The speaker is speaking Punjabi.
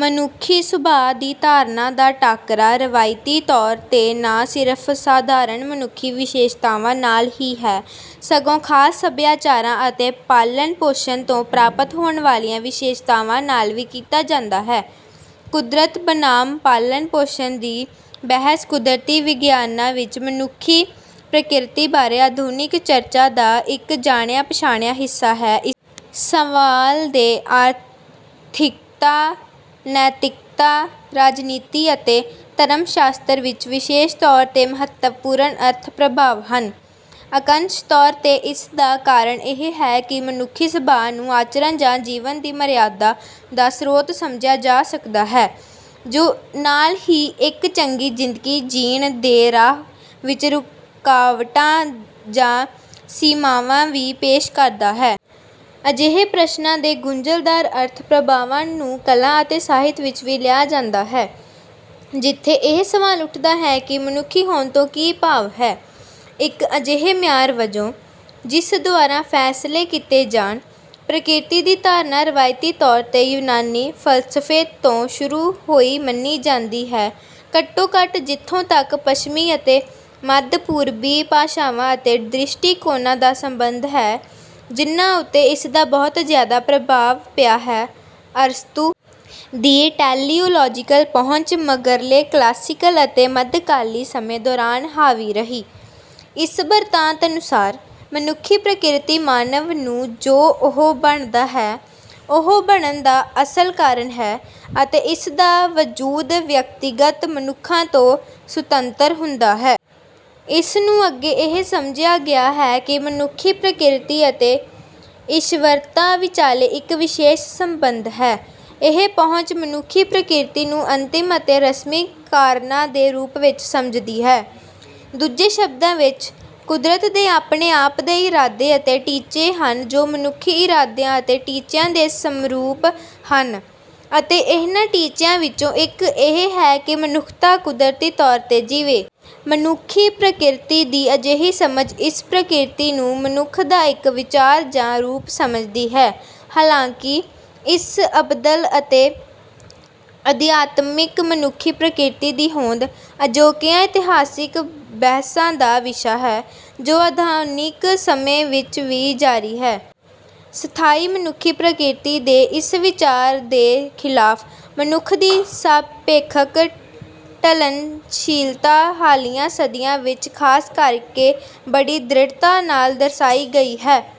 ਮਨੁੱਖੀ ਸੁਭਾਅ ਦੀ ਧਾਰਨਾ ਦਾ ਟਾਕਰਾ ਰਵਾਇਤੀ ਤੌਰ 'ਤੇ ਨਾ ਸਿਰਫ਼ ਅਸਾਧਾਰਨ ਮਨੁੱਖੀ ਵਿਸ਼ੇਸ਼ਤਾਵਾਂ ਨਾਲ ਹੀ ਹੈ, ਸਗੋਂ ਖ਼ਾਸ ਸਭਿਆਚਾਰਾਂ ਅਤੇ ਪਾਲਣ-ਪੋਸ਼ਣ ਤੋਂ ਪ੍ਰਾਪਤ ਹੋਣ ਵਾਲੀਆਂ ਵਿਸ਼ੇਸ਼ਤਾਵਾਂ ਨਾਲ ਵੀ ਕੀਤਾ ਜਾਂਦਾ ਹੈ। "ਕੁਦਰਤ ਬਨਾਮ ਪਾਲਣ-ਪੋਸ਼ਣ" ਦੀ ਬਹਿਸ ਕੁਦਰਤੀ ਵਿਗਿਆਨਾਂ ਵਿੱਚ ਮਨੁੱਖੀ ਪ੍ਰਕਿਰਤੀ ਬਾਰੇ ਆਧੁਨਿਕ ਚਰਚਾ ਦਾ ਇੱਕ ਜਾਣਿਆ-ਪਛਾਣਿਆ ਹਿੱਸਾ ਹੈ। ਇਸ ਸਵਾਲ ਦੇ ਆਰਥਿਕਤਾ, ਨੈਤਿਕਤਾ, ਰਾਜਨੀਤੀ ਅਤੇ ਧਰਮ ਸ਼ਾਸਤਰ ਵਿੱਚ ਵਿਸ਼ੇਸ਼ ਤੌਰ 'ਤੇ ਮਹੱਤਵਪੂਰਨ ਅਰਥ-ਪ੍ਰਭਾਵ ਹਨ। ਅੰਸ਼ਕ ਤੌਰ 'ਤੇ ਇਸ ਦਾ ਕਾਰਨ ਇਹ ਹੈ ਕਿ ਮਨੁੱਖੀ ਸੁਭਾਅ ਨੂੰ ਆਚਰਣ ਜਾਂ ਜੀਵਨ ਦੀ ਮਰਿਆਦਾ ਦਾ ਸਰੋਤ ਸਮਝਿਆ ਜਾ ਸਕਦਾ ਹੈ, ਜੋ ਨਾਲ ਹੀ ਇੱਕ ਚੰਗੀ ਜ਼ਿੰਦਗੀ ਜੀਣ ਦੇ ਰਾਹ ਵਿੱਚ ਰੁਕਾਵਟਾਂ ਜਾਂ ਸੀਮਾਵਾਂ ਵੀ ਪੇਸ਼ ਕਰਦਾ ਹੈ। ਅਜਿਹੇ ਪ੍ਰਸ਼ਨਾਂ ਦੇ ਗੁੰਝਲਦਾਰ ਅਰਥ-ਪ੍ਰਭਾਵਾਂ ਨੂੰ ਕਲਾ ਅਤੇ ਸਾਹਿਤ ਵਿੱਚ ਵੀ ਲਿਆ ਜਾਂਦਾ ਹੈ, ਜਿੱਥੇ ਇਹ ਸਵਾਲ ਉੱਠਦਾ ਹੈ ਕਿ "ਮਨੁੱਖੀ ਹੋਣ" ਤੋਂ ਕੀ ਭਾਵ ਹੈ। ਇੱਕ ਅਜਿਹੇ ਮਿਆਰ ਵਜੋਂ, ਜਿਸ ਦੁਆਰਾ ਫ਼ੈਸਲੇ ਕੀਤੇ ਜਾਣ, ਪ੍ਰਕਿਰਤੀ ਦੀ ਧਾਰਨਾ ਰਵਾਇਤੀ ਤੌਰ 'ਤੇ ਯੂਨਾਨੀ ਫ਼ਲਸਫ਼ੇ ਤੋਂ ਸ਼ੁਰੂ ਹੋਈ ਮੰਨੀ ਜਾਂਦੀ ਹੈ ਘੱਟੋ-ਘੱਟ ਜਿੱਥੋਂ ਤੱਕ ਪੱਛਮੀ ਅਤੇ ਮੱਧ-ਪੂਰਬੀ ਭਾਸ਼ਾਵਾਂ ਅਤੇ ਦ੍ਰਿਸ਼ਟੀਕੋਣਾਂ ਦਾ ਸੰਬੰਧ ਹੈ, ਜਿਨ੍ਹਾਂ ਉੱਤੇ ਇਸ ਦਾ ਬਹੁਤ ਜ਼ਿਆਦਾ ਪ੍ਰਭਾਵ ਪਿਆ ਹੈ। ਅਰਸਤੂ ਦੀ ਟੈਲੀਓਲੋਜੀਕਲ ਪਹੁੰਚ ਮਗਰਲੇ ਕਲਾਸੀਕਲ ਅਤੇ ਮੱਧਕਾਲੀ ਸਮੇਂ ਦੌਰਾਨ ਹਾਵੀ ਰਹੀ। ਇਸ ਬਿਰਤਾਂਤ ਅਨੁਸਾਰ, ਮਨੁੱਖੀ ਪ੍ਰਕਿਰਤੀ ਮਾਨਵ ਨੂੰ ਜੋ ਉਹ ਬਣਦਾ ਹੈ, ਉਹ ਬਣਨ ਦਾ ਅਸਲ ਕਾਰਨ ਹੈ, ਅਤੇ ਇਸ ਦਾ ਵਜੂਦ ਵਿਅਕਤੀਗਤ ਮਨੁੱਖਾਂ ਤੋਂ ਸੁਤੰਤਰ ਹੁੰਦਾ ਹੈ। ਇਸ ਨੂੰ ਅੱਗੇ ਇਹ ਸਮਝਿਆ ਗਿਆ ਹੈ ਕਿ ਮਨੁੱਖੀ ਪ੍ਰਕਿਰਤੀ ਅਤੇ ਈਸ਼ਵਰਤਾ ਵਿਚਾਲੇ ਇੱਕ ਵਿਸ਼ੇਸ਼ ਸੰਬੰਧ ਹੈ। ਇਹ ਪਹੁੰਚ ਮਨੁੱਖੀ ਪ੍ਰਕਿਰਤੀ ਨੂੰ ਅੰਤਿਮ ਅਤੇ ਰਸਮੀ ਕਾਰਨਾਂ ਦੇ ਰੂਪ ਵਿੱਚ ਸਮਝਦੀ ਹੈ। ਦੂਜੇ ਸ਼ਬਦਾਂ ਵਿੱਚ, ਕੁਦਰਤ ਦੇ ਆਪਣੇ ਆਪ ਦੇ ਇਰਾਦੇ ਅਤੇ ਟੀਚੇ ਹਨ ਜੋ ਮਨੁੱਖੀ ਇਰਾਦਿਆਂ ਅਤੇ ਟੀਚਿਆਂ ਦੇ ਸਮਰੂਪ ਹਨ, ਅਤੇ ਇਹਨਾਂ ਟੀਚਿਆਂ ਵਿੱਚੋਂ ਇੱਕ ਇਹ ਹੈ ਕਿ ਮਨੁੱਖਤਾ ਕੁਦਰਤੀ ਤੌਰ 'ਤੇ ਜੀਵੇ। ਮਨੁੱਖੀ ਪ੍ਰਕਿਰਤੀ ਦੀ ਅਜਿਹੀ ਸਮਝ ਇਸ ਪ੍ਰਕਿਰਤੀ ਨੂੰ ਮਨੁੱਖ ਦਾ ਇੱਕ "ਵਿਚਾਰ" ਜਾਂ "ਰੂਪ" ਸਮਝਦੀ ਹੈ। ਹਾਲਾਂਕਿ, ਇਸ ਅਬਦਲ ਅਤੇ ਅਧਿਆਤਮਿਕ ਮਨੁੱਖੀ ਪ੍ਰਕਿਰਤੀ ਦੀ ਹੋਂਦ ਅਜੋਕੀਆਂ ਇਤਿਹਾਸਕ ਬਹਿਸਾਂ ਦਾ ਵਿਸ਼ਾ ਹੈ, ਜੋ ਆਧੁਨਿਕ ਸਮੇਂ ਵਿੱਚ ਵੀ ਜਾਰੀ ਹਨ। ਸਥਾਈ ਮਨੁੱਖੀ ਪ੍ਰਕਿਰਤੀ ਦੇ ਇਸ ਵਿਚਾਰ ਦੇ ਖ਼ਿਲਾਫ਼, ਮਨੁੱਖ ਦੀ ਸਾਪੇਖਕ ਢਲਣਸ਼ੀਲਤਾ ਹਾਲੀਆ ਸਦੀਆਂ ਵਿੱਚ ਖ਼ਾਸ ਕਰਕੇ ਬੜੀ ਦ੍ਰਿੜਤਾ ਨਾਲ ਦਰਸਾਈ ਗਈ ਹੈ।